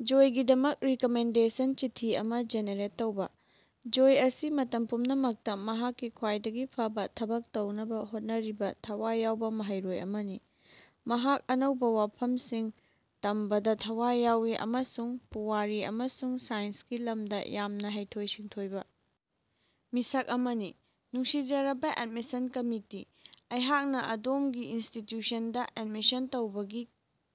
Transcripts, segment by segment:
ꯖꯣꯏꯒꯤꯗꯃꯛ recommendation ꯆꯤꯊꯤ ꯑꯃ generate ꯇꯧꯕ꯫ ꯖꯣꯏ ꯑꯁꯤ ꯃꯇꯝ ꯄꯨꯝꯅꯃꯛꯇ ꯃꯍꯥꯛꯀꯤ ꯈ꯭ꯋꯥꯏꯗꯒꯤ ꯐꯕꯥ ꯊꯕꯛ ꯇꯧꯅꯕ ꯍꯣꯠꯅꯔꯤꯕꯥ ꯊꯋꯥꯏ ꯌꯥꯎꯕ‌ ꯃꯍꯩꯔꯣꯏ ꯑꯃꯅꯤ꯫ ꯃꯍꯥꯛ ꯑꯅꯧꯕ ꯋꯥꯐꯝꯁꯤꯡ ꯇꯝꯕꯗ ꯊꯋꯥꯏ ꯌꯥꯎꯏ ꯑꯃꯁꯨꯡ ꯄꯨꯋꯥꯔꯤ ꯑꯃꯁꯨꯡ ꯁꯥꯏꯟꯁꯀꯤ ꯂꯝꯗ ꯌꯥꯝꯅ ꯍꯩꯊꯣꯏ-ꯁꯤꯡꯊꯣꯏꯕ ꯃꯤꯁꯛ ꯑꯃꯅꯤ꯫ ꯅꯨꯡꯁꯤꯖꯔꯕꯥ ꯑꯦꯗꯃꯤꯁꯟ ꯀꯝꯃꯤꯇꯤ, ꯑꯩꯍꯥꯛꯅ ꯑꯗꯣꯝꯒꯤ ꯏꯟꯁꯇꯤꯇ꯭ꯌꯨꯁꯟꯗ ꯑꯦꯗꯃꯤꯁꯟ ꯇꯧꯕꯒꯤ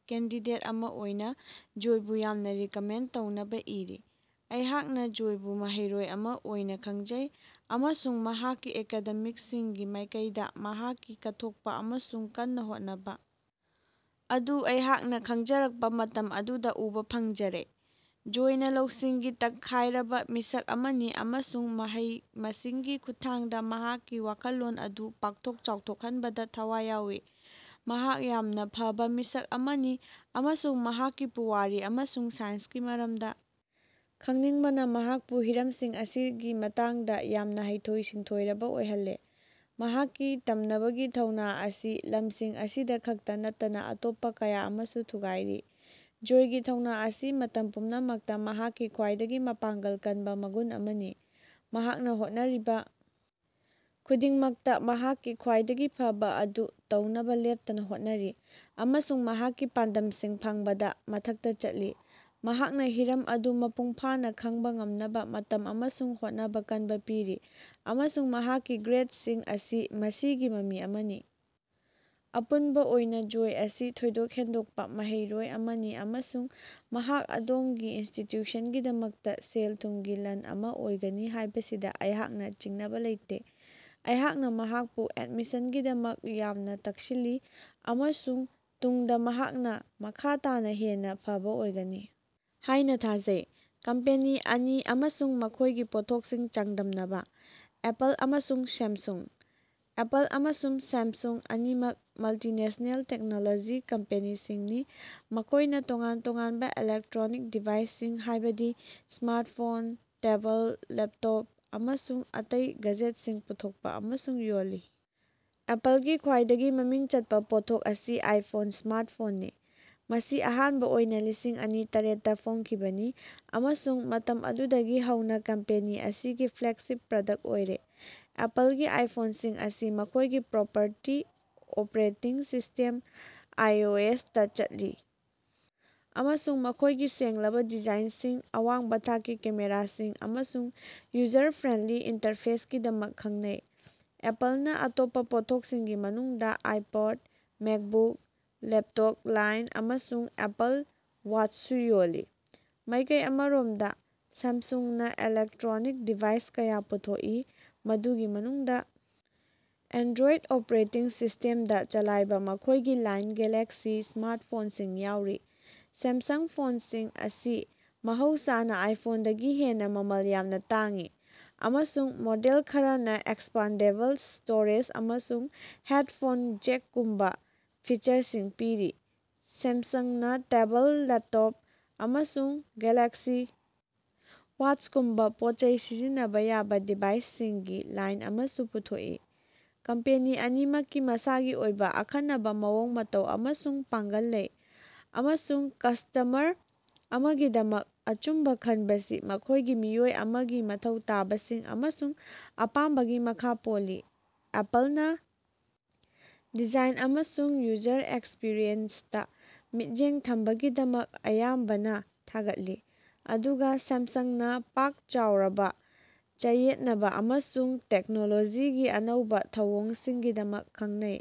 ꯀꯦꯟꯗꯤꯗꯦꯠ ꯑꯃ ꯑꯣꯏꯅ ꯖꯣꯏꯕꯨ ꯌꯥꯝꯅꯥ ꯔꯤꯀꯃꯦꯟ ꯇꯧꯅꯕꯥ ꯏꯔꯤ꯫ ꯑꯩꯍꯥꯛꯅ ꯖꯣꯏꯕꯨ ꯃꯍꯩꯔꯣꯏ ꯑꯃ ꯑꯣꯏꯅ ꯈꯪꯖꯩ ꯑꯃꯁꯨꯡ ꯃꯍꯥꯛꯀꯤ ꯑꯦꯀꯥꯗꯦꯃꯤꯛꯁꯤꯡꯒꯤ ꯃꯥꯏꯀꯩꯗ ꯃꯍꯥꯛꯀꯤ ꯀꯠꯊꯣꯛꯄ ꯑꯃꯁꯨꯡ ꯀꯟꯅ ꯍꯣꯠꯅꯕ ꯑꯗꯨ ꯑꯩꯍꯥꯛꯅ ꯈꯪꯖꯔꯛꯄ ꯃꯇꯝ ꯑꯗꯨꯗ ꯎꯕꯥ ꯐꯪꯖꯔꯦ꯫ ꯖꯣꯏꯅ ꯂꯧꯁꯤꯡꯒꯤ ꯇꯛꯈꯥꯏꯔꯕꯥ ꯃꯤꯁꯛ ꯑꯃꯅꯤ ꯑꯃꯁꯨꯡ ꯃꯍꯩ-ꯃꯁꯤꯡꯒꯤ ꯈꯨꯠꯊꯥꯡꯗ ꯃꯍꯥꯛꯀꯤ ꯋꯥꯈꯜꯂꯣꯟ ꯑꯗꯨ ꯄꯥꯛꯊꯣꯛ ꯆꯥꯎꯊꯣꯛꯍꯟꯕꯗ ꯊꯋꯥꯏ ꯌꯥꯎꯏ꯫ ꯃꯍꯥꯛ ꯌꯥꯝꯅ ꯐꯕ ꯃꯤꯁꯛ ꯑꯃꯅꯤ ꯑꯃꯁꯨꯡ ꯃꯍꯥꯛꯀꯤ ꯄꯨꯋꯥꯔꯤ ꯑꯃꯁꯨꯡ ꯁꯥꯏꯟꯁꯀꯤ ꯃꯔꯝꯗ ꯈꯪꯅꯤꯡꯕꯅ ꯃꯍꯥꯛꯄꯨ ꯍꯤꯔꯝꯁꯤꯡ ꯑꯁꯤꯒꯤ ꯃꯇꯥꯡꯗ ꯌꯥꯝꯅ ꯍꯩꯊꯣꯏ-ꯁꯤꯡꯊꯣꯏꯔꯕ ꯑꯣꯏꯍꯜꯂꯦ꯫ ꯃꯍꯥꯛꯀꯤ ꯇꯝꯅꯕꯒꯤ ꯊꯧꯅ ꯑꯁꯤ ꯂꯝꯁꯤꯡ ꯑꯁꯤꯗ ꯈꯛꯇ ꯅꯠꯇꯅꯥ ꯑꯇꯣꯞꯄ ꯀꯌꯥ ꯑꯃꯁꯨ ꯊꯨꯒꯥꯏꯔꯤ꯫ ꯖꯣꯏꯒꯤ ꯊꯧꯅ ꯑꯁꯤ ꯃꯇꯝ ꯄꯨꯝꯅꯃꯛꯇ ꯃꯍꯥꯛꯀꯤ ꯈ꯭ꯋꯥꯏꯗꯒꯤ ꯃꯄꯥꯡꯒꯜ ꯀꯟꯕꯥ ꯃꯒꯨꯟ ꯑꯃꯅꯤ꯫ ꯃꯍꯥꯛꯅ ꯍꯣꯠꯅꯔꯤꯕ ꯈꯨꯗꯤꯡꯃꯛꯇ ꯃꯍꯥꯛꯀꯤ ꯈ꯭ꯋꯥꯏꯗꯒꯤ ꯐꯕꯥ ꯑꯗꯨ ꯇꯧꯅꯕ ꯂꯦꯞꯇꯅ ꯍꯣꯠꯅꯔꯤ ꯑꯃꯁꯨꯡ ꯃꯍꯥꯛꯀꯤ ꯄꯥꯟꯗꯝꯁꯤꯡ ꯐꯪꯕꯗꯥ ꯃꯊꯛꯇ ꯆꯠꯂꯤ꯫ ꯃꯍꯥꯛꯅ ꯍꯤꯔꯝ ꯑꯗꯨ ꯃꯄꯨꯡ ꯐꯥꯅ ꯈꯪꯕ ꯉꯝꯅꯕꯥ ꯃꯇꯝ ꯑꯃꯁꯨꯡ ꯍꯣꯠꯅꯕ ꯀꯟꯕ ꯄꯤꯔꯤ ꯑꯃꯁꯨꯡ ꯃꯍꯥꯛꯀꯤ ꯒ꯭ꯔꯦꯗꯁꯤꯡ ꯑꯁꯤ ꯃꯁꯤꯒꯤ ꯃꯃꯤ ꯑꯃꯅꯤ꯫ ꯑꯄꯨꯟꯕ ꯑꯣꯏꯅ ꯖꯣꯏ ꯑꯁꯤ ꯊꯣꯏꯗꯣꯛ ꯍꯦꯟꯗꯣꯛꯄ ꯃꯍꯩꯔꯣꯏ ꯑꯃꯅꯤ ꯑꯃꯁꯨꯡ ꯃꯍꯥꯛ ꯑꯗꯣꯝꯒꯤ ꯏꯟꯁꯇꯤꯇ꯭ꯌꯨꯁꯟꯒꯤꯗꯃꯛꯇ ꯁꯦꯜ-ꯊꯨꯝꯒꯤ ꯂꯟ ꯑꯃ ꯑꯣꯏꯒꯅꯤ ꯍꯥꯏꯕꯁꯤꯗꯥ ꯑꯩꯍꯥꯛꯅ ꯆꯤꯡꯅꯕꯥ ꯂꯩꯇꯦ꯫ ꯑꯩꯍꯥꯛꯅ ꯃꯍꯥꯛꯄꯨ ꯑꯦꯗꯃꯤꯁꯟꯒꯤꯗꯃꯛ ꯌꯥꯝꯅ ꯇꯛꯁꯤꯜꯂꯤ ꯑꯃꯁꯨꯡ ꯇꯨꯡꯗ ꯃꯍꯥꯛꯅ ꯃꯈꯥ ꯇꯥꯅ ꯍꯦꯟꯅ ꯐꯕꯥ ꯑꯣꯏꯒꯅꯤ ꯍꯥꯏꯅ ꯊꯥꯖꯩ꯫ ꯀꯝꯄꯦꯅꯤ ꯑꯅꯤ ꯑꯃꯁꯨꯡ ꯃꯈꯣꯏꯒꯤ ꯄꯣꯠꯊꯣꯛꯁꯤꯡ ꯆꯥꯡꯗꯝꯅꯕꯥ꯫ ꯑꯦꯄꯜ ꯑꯃꯁꯨꯡ ꯁꯦꯝꯁꯨꯡ꯫ ꯑꯦꯄꯜ ꯑꯃꯁꯨꯡ ꯁꯦꯝꯁꯨꯡ ꯑꯅꯤꯃꯛ ꯃꯜꯇꯤꯅꯦꯁꯅꯦꯜ ꯇꯦꯛꯅꯣꯂꯣꯖꯤ ꯀꯝꯄꯦꯅꯤꯁꯤꯡꯅꯤ꯫ ꯃꯈꯣꯏꯅ ꯇꯣꯉꯥꯟ ꯇꯣꯉꯥꯟꯕ ꯏꯂꯦꯛꯇ꯭ꯔꯣꯅꯤꯛ ꯗꯤꯚꯥꯏꯁꯁꯤꯡ ꯍꯥꯏꯕꯗꯤ ꯁ꯭ꯃꯥꯔꯠꯐꯣꯟ, ꯇꯦꯕꯜ, ꯂꯦꯞꯇꯣꯞ, ꯑꯃꯁꯨꯡ ꯑꯇꯩ ꯒꯥꯖꯦꯠꯁꯤꯡ ꯄꯨꯊꯣꯛꯄ ꯑꯃꯁꯨꯡ ꯌꯣꯜꯂꯤ꯫ ꯑꯦꯄꯜꯒꯤ ꯈ꯭ꯋꯥꯏꯗꯒꯤ ꯃꯃꯤꯡ ꯆꯠꯄ ꯄꯣꯠꯊꯣꯛ ꯑꯁꯤ ꯑꯥꯏꯐꯣꯟ ꯁ꯭ꯃꯥꯔꯠꯐꯣꯟꯅꯤ, ꯃꯁꯤ ꯑꯍꯥꯟꯕ ꯑꯣꯏꯅ ꯂꯤꯁꯤꯡ ꯑꯅꯤ ꯇꯔꯦꯠꯇꯥ ꯐꯣꯡꯈꯤꯕꯅꯤ ꯑꯃꯁꯨꯡ ꯃꯇꯝ ꯑꯗꯨꯗꯒꯤ ꯍꯧꯅ ꯀꯝꯄꯦꯅꯤ ꯑꯁꯤꯒꯤ ꯐ꯭ꯂꯦꯒꯁꯤꯞ ꯄ꯭ꯔꯗꯛ ꯑꯣꯏꯔꯦ꯫ ꯑꯦꯄꯜꯒꯤ ꯑꯥꯏꯐꯣꯟꯁꯤꯡ ꯑꯁꯤ ꯃꯈꯣꯏꯒꯤ ꯄ꯭ꯔꯣꯄꯔꯇꯤ ꯑꯣꯄ꯭ꯔꯦꯇꯤꯡ ꯁꯤꯁꯇꯦꯝ, ꯑꯥꯏꯑꯣꯑꯦꯁꯇꯥ ꯆꯠꯂꯤ ꯑꯃꯁꯨꯡ ꯃꯈꯣꯏꯒꯤ ꯁꯦꯡꯂꯕꯥ ꯗꯤꯖꯥꯏꯟꯁꯤꯡ, ꯑꯋꯥꯡꯕ ꯊꯥꯛꯀꯤ ꯀꯦꯃꯦꯔꯥꯁꯤꯡ ꯑꯃꯁꯨꯡ ꯌꯨꯖꯔ ꯐ꯭ꯔꯦꯟꯂꯤ ꯏꯟꯇꯔꯐꯦꯁꯀꯤꯗꯃꯛ ꯈꯪꯅꯩ꯫ ꯑꯦꯄꯜꯅ ꯑꯇꯣꯞꯄ ꯄꯣꯠꯊꯣꯛꯁꯤꯡꯒꯤ ꯃꯅꯨꯡꯗ ꯑꯥꯏꯄꯣꯠ, ꯃꯦꯛꯕꯨꯛ, ꯂꯦꯞꯇꯣꯞ ꯂꯥꯏꯟ ꯑꯃꯁꯨꯡ ꯑꯦꯄꯜ ꯋꯥꯆꯁꯨ ꯌꯣꯜꯂꯤ꯫ ꯃꯥꯏꯀꯩ ꯑꯃꯔꯣꯝꯗ ꯁꯥꯝꯁꯨꯡꯅ ꯏꯂꯦꯛꯇ꯭ꯔꯣꯅꯤꯛ ꯗꯤꯚꯥꯏꯁ ꯀꯌꯥ ꯄꯨꯊꯣꯛꯏ, ꯃꯗꯨꯒꯤ ꯃꯅꯨꯡꯗ ꯑꯦꯟꯗ꯭ꯔꯣꯏꯠ ꯑꯣꯄ꯭ꯔꯦꯇꯤꯡ ꯁꯤꯁꯇꯦꯝꯗ ꯆꯂꯥꯏꯕ ꯃꯈꯣꯏꯒꯤ ꯂꯥꯏꯟ ꯒꯦꯂꯥꯛꯁꯤ ꯁ꯭ꯃꯥꯔꯠꯐꯣꯟꯁꯤꯡ ꯌꯥꯎꯔꯤ꯫ ꯁꯦꯝꯁꯡ ꯐꯣꯟꯁꯤꯡ ꯑꯁꯤ ꯃꯍꯧꯁꯥꯅ ꯑꯥꯏꯐꯣꯟꯗꯒꯤ ꯍꯦꯟꯅ ꯃꯃꯜ ꯌꯥꯝꯅ ꯇꯥꯡꯏ ꯑꯃꯁꯨꯡ ꯃꯣꯗꯦꯜ ꯈꯔꯅꯥ ꯑꯦꯛꯁꯄꯥꯟꯗꯦꯕꯜ ꯁ꯭ꯇꯣꯔꯦꯖ ꯑꯃꯁꯨꯡ ꯍꯦꯗꯐꯣꯟ ꯖꯦꯛꯒꯨꯝꯕ ꯐꯤꯆꯔꯁꯤꯡ ꯄꯤꯔꯤ꯫ ꯁꯦꯝꯁꯨꯡꯅ ꯇꯦꯕꯜ ꯂꯦꯞꯇꯣꯞ, ꯑꯃꯁꯨꯡ ꯒꯦꯂꯦꯛꯁꯤ ꯋꯥꯆꯒꯨꯝꯕꯥ ꯄꯣꯠꯆꯩ ꯁꯤꯖꯤꯟꯅꯕꯥ ꯌꯥꯕ ꯗꯤꯚꯥꯏꯁꯁꯤꯡꯒꯤ ꯂꯥꯏꯟ ꯑꯃꯁꯨ ꯄꯨꯊꯣꯛꯏ꯫ ꯀꯝꯄꯦꯅꯤ ꯑꯅꯤꯃꯛꯀꯤ ꯃꯁꯥꯒꯤ ꯑꯣꯏꯕ ꯑꯈꯟꯅꯕꯥ ꯃꯑꯣꯡ ꯃꯇꯧ ꯑꯃꯁꯨꯡ ꯄꯥꯡꯒꯜ ꯂꯩ ꯑꯃꯁꯨꯡ ꯀꯁꯇꯃꯔ ꯑꯃꯒꯤꯗꯃꯛ ꯑꯆꯨꯝꯕ ꯈꯟꯕꯁꯤ ꯃꯈꯣꯏꯒꯤ ꯃꯤꯑꯣꯏ ꯑꯃꯒꯤ ꯃꯊꯧ ꯇꯥꯕꯁꯤꯡ ꯑꯃꯁꯨꯡ ꯑꯄꯥꯝꯕꯒꯤ ꯃꯈꯥ ꯄꯣꯜꯂꯤ꯫ ꯑꯦꯄꯜꯅ ꯗꯤꯖꯥꯏꯟ ꯑꯃꯁꯨꯡ ꯌꯨꯖꯔ ꯑꯦꯛꯁꯄꯤꯔꯤꯑꯦꯟꯁꯇꯥ ꯃꯤꯠꯌꯦꯡ ꯊꯝꯕꯒꯤꯗꯃꯛ ꯑꯌꯥꯝꯕꯅꯥ ꯊꯥꯒꯠꯂꯤ, ꯑꯗꯨꯒ ꯁꯦꯝꯁꯡꯅ ꯄꯥꯛ ꯆꯥꯎꯔꯕꯥ ꯆꯌꯦꯠꯅꯕꯥ ꯑꯃꯁꯨꯡ ꯇꯦꯛꯅꯣꯂꯣꯖꯤꯒꯤ ꯑꯅꯧꯕ ꯊꯧꯑꯣꯡꯁꯤꯡꯒꯤꯗꯃꯛ ꯈꯪꯅꯩ꯫